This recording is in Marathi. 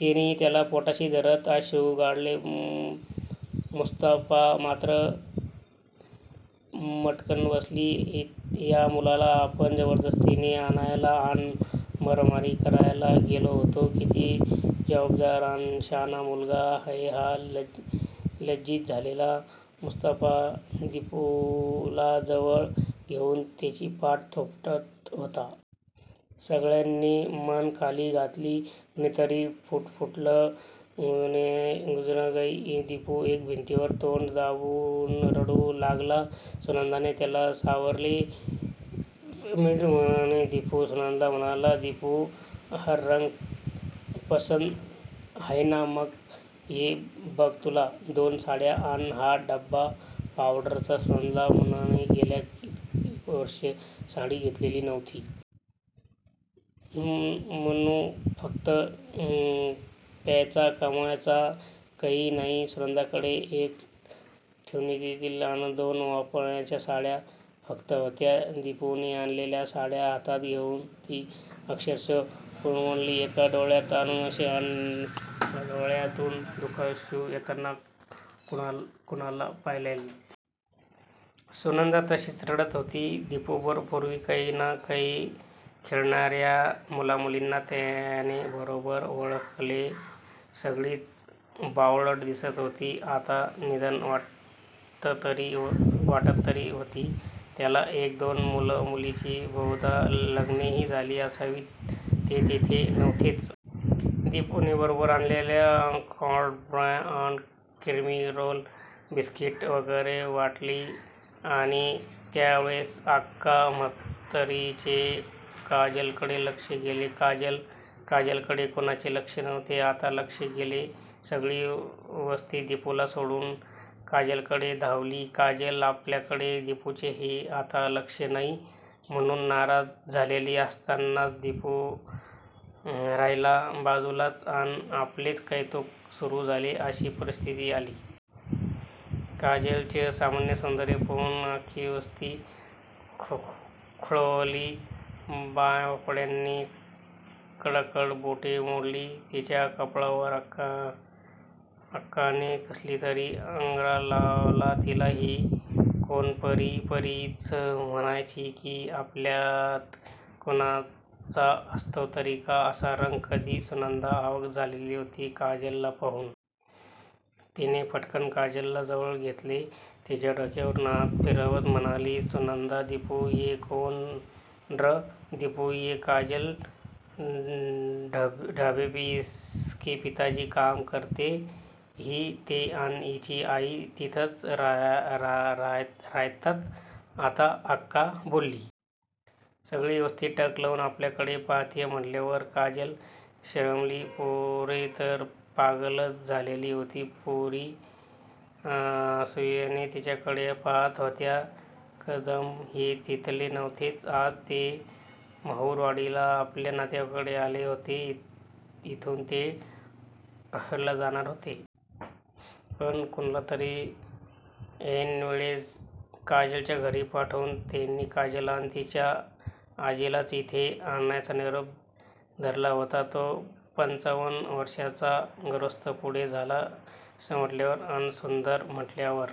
तिनेही त्याला पोटाशी धरत अश्रू गाळले. मुस्तफा मात्र मटकन खाली बसला. या मुलाला आपण जबरदस्तीने आणायला अन मारामारी करायला गेलो होतो? किती जबाबदार अन शहाणा मुलगा आहे हा! लज्जीत झालेला मुस्तफा दिपूला जवळ घेऊन त्याची पाठ थोपटत होता. सगळ्यांनी मान खाली घातली. कुणीतरी पुटपुटलं! गुजरगयी! दिपू एका भिंतीवर तोंड दाबून रडू लागला. सुनंदाने त्याला सावरले. मिनिटभराने दिपू सुनंदाला म्हणाला. दिपू हरा रंग पसंद हय ना मा? हे बघ तुला दोन साड्या अन हा डबा पावडरचा सुनंदाला मन्नूने गेल्या कित्येक वर्षात साडी घेतलेली नव्हती. मन्नू फक्त प्यायचा. कमवायचा काही नाही. सुनंदाकडे एक ठेवणीतील अन दोन वापरण्याच्या साड्या फक्त होत्या. दिपूने आणलेल्या साड्या हातात घेऊन ती अक्षरशः कोलमडली. एका डोळ्यातून आनंदाश्रू अन एका डोळ्यातून दु:खाश्रू येताना कुणाला पाहिलयंत? सुनंदा तशीच रडत होती. दिपूबरोबर पुर्वी काही ना काही खेळणार्या मुलामुलींना त्याने बरोबर ओळखले. सगळीच बावळट दिसत होती आत्ता! निदान वाटत तरी होती त्याला. एक दोन मुला मुलींची बहुधा लग्नेही झाली असावीत. ते तिथे नव्हतेच! दिपूने बरोबर आणलेल्या कॅडबर्या अन क्रीमरोल, बिस्किट वगैरे वाटली. आणि त्यावेळेस आक्का म्हातारीचे काजलकडे लक्ष गेले. काजल! काजलकडे कुणाचे लक्षच नव्हते. आत्ता लक्ष गेले. सगळी वस्ती दिपूला सोडून काजलकडे धावली. काजल 'आपल्याकडे दिपूचेही आता लक्ष नाही' म्हणून नाराज झालेली असतानाच 'दिपू राहिला बाजूलाच अन आपलेच कौतूक सुरू झाले' अशी परिस्थिती आली. काजलचे असामान्य सौंदर्य पाहून अख्खी वस्ती खुळावली. बायाबापड्यांनी कडाकडा बोटे मोडली तिच्या कपाळावर! आक्काने कसलातरी अंगारा लावला तिला. ही कोण परी? परीच म्हणायची की? आपल्यात कुणाचा असतो तरी का असा रंग कधी? सुनंदा अवाक झालेली होती काजलला पाहून! तिने पटकन काजलला जवळ घेतले. तिच्या डोक्यावरुन हात फिरवत म्हणाली. सुनंदा दिपू ये कौन रं? दिपू ये काजल ढाबेपे इसके पिताजी काम करते. ही, ते अन हिची आई थितंच रयतात. आता आक्का बोलली. सगळी वस्ती टक लावून आपल्याकडे पाहतीय म्हंटल्यावर काजल शरमली. पोरे तर पागलच झालेली होती. पोरी असूयेने तिच्याकडे पाहात होत्या. कदम हे तिथले नव्हतेच. आज ते महुरवाडीला आपल्या नातेवाईकांकडे आलेले होते. इथून ते टहेर्याला जाणार होते. पण कुणालातरी ऐनवेळेस काजलच्या घरी पाठवून त्यांनी काजल अन तिच्या आजीलाच इथे आणायचा निरोप धाडला होता. तो पंचावन्न वर्षांचा गृहस्थ पुढे झाला. रिश्ता म्हंटल्यावर अन सुंदर म्हंटल्यावर